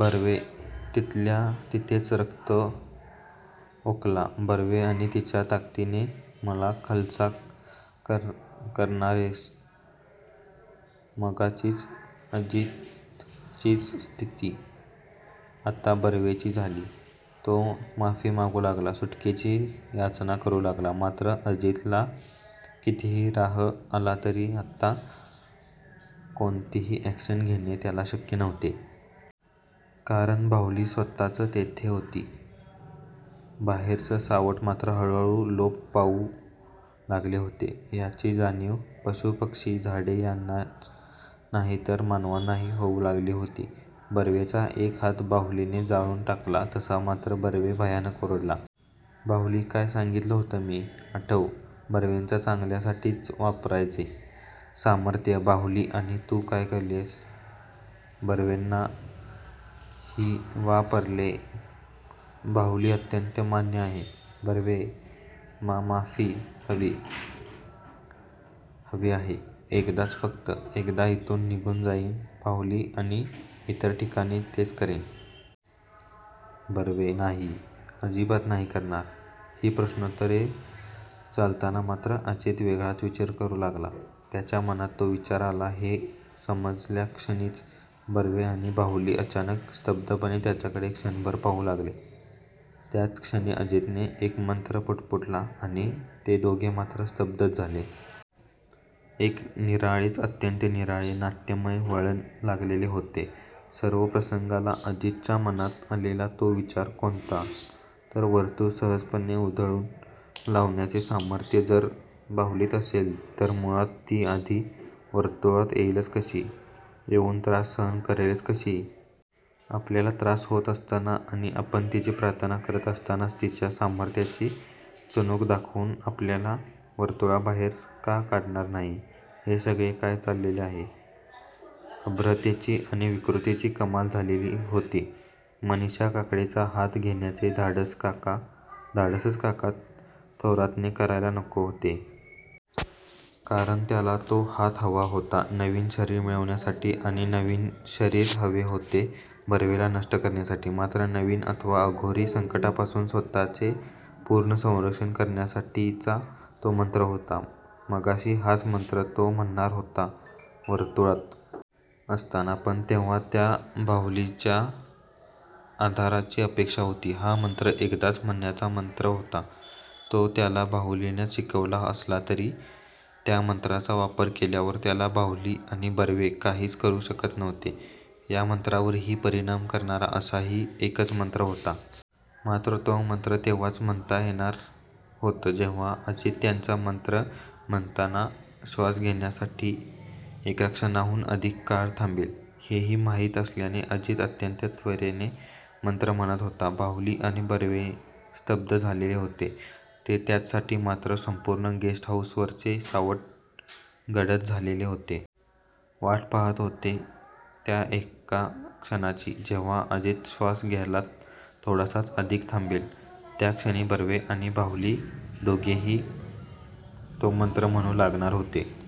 बर्वे तिथल्यातिथेच रक्त ओकला. बर्वे आणि त्याच्या ताकदीने मला खलास करणारेस? मगाचची अजितचीच स्थिती आता बर्वेची झाली. तो माफी मागू लागला. सुटकेची याचना करू लागला. मात्र अजितला कितीही राह आला तरी आत्ता कोणतीही अॅक्शन घेणे त्याला शक्य नव्हते. कारण बाहुली स्वतःच तेथे होती. बाहेरचे सावट मात्र हळू-हळू लोप पावू लागले होते.याची जाणीव पशू पक्षी झाडे यांनाच नाही तर मानवांनाही होऊ लागली होती. बर्वेचा एक हात बाहुलीने जाळून टाकला तसा मात्र बर्वे भयानक ओरडला. बाहुली काय सांगितलं होतं मी? आठव. बर्वेचां. चांगल्या. साठी.च. वापरायचे सामर्थ्य. बाहुली आणि तू काय केलेस? बर्वे ना. ही वा.परले. बाहुली अंत मान्य आहे? बर्वे मा.माफी, हवी आहे. एकदाच, फक्त एकदा. इथून निघून जाईन. बाहुली आणि इतर ठिकाणी तेच करेन. बर्वे नाही. अजिबात नाही करणार.ही प्रश्नोत्तरे चालताना मात्र अजित वेगळाच विचार करू लागला. त्याच्या मनात तो विचार आला हे समजल्याक्षणीच बर्वे आणि बाहुली अचानक स्तब्धपणे त्याच्याकडे क्षणभर पाहू लागले. त्याच क्षणी अजितने एक मंत्र पुटपुटला आणि ते दोघे मात्र स्तब्धच झाले.. एक निराळेच. अत्यंत निराळे नाट्यमय वळण लागलेले होते सर्व प्रसंगाला. अजितच्या मनात आलेला तो विचार कोणता? तर वर्तुळ सहजपणे उधळवून लावण्याचे सामर्थ्य जर बाहुलीत असेल. तर मुळात ती आधी वर्तुळात येईलच कशी? येऊन त्रास सहन करेलच कशी? आपल्याला त्रास होत असताना आणि आपण तिची प्रार्थना करत असतानाच तिच्या सामर्थ्याची चुणूक दाखवून आपल्याला वर्तुळाबाहेर का काढणार नाही? हे सगळे काय चाललेले आहे? अभद्रतेची आणि विकृतीची कमाल झालेली होती. मनीषा काकडेचा हात घेण्याचे धाडसच काका थोरातने करायला नको होते. कारण त्याला तो हात हवा होता नवीन शरीर मिळवण्यासाठी. आणि नवीन शरीर हवे होते बर्वेला नष्ट करण्यासाठी, मात्र नवी अथवा अघोरी संकटापासून स्वतःचे पूर्ण संरक्षण करण्यासाठीचा तो मंत्र होता. मगाशी हाच मंत्र तो म्हणणार होता. वर्तुळात असताना. पण तेव्हा त्याला बाहुलीच्या आधाराची अपेक्षा होती. हा मंत्र एकदाच म्हणण्याचा मंत्र होता.तो त्याला बाहुलीनेच शिकवला असला तरी त्या मंत्राचा वापर केल्यावर त्याला बाहुली आणि बर्वे काहीच करू शकत नव्हते.या मंत्रावरही परिणाम करणारा असाही एकच मंत्र होता.. मात्र तो मंत्र तेव्हाच म्हणता येणार होत जेव्हा अजित त्याचा मंत्र म्हणताना श्वास घेण्यासाठी एका क्षणाहून अधिक काळ थांबेल.. हेही माहीत असल्याने अजित अत्यंत त्वरेने मंत्र म्हणत होता.. बाहुली आणि बर्वे स्तब्ध झालेले होते ते त्याचसाठी मात्र संपूर्ण गेस्ट हाऊसवरचे सावट गडद झालेले होते. वाट पाहात होते त्या एकाच क्षणाची. जेव्हा अजित श्वास घ्यायला थोडासाच अधिक थांबेल. त्या क्षणी बर्वे आणी बाहुली दोघेही तो मंत्र म्हणू लागणार होते.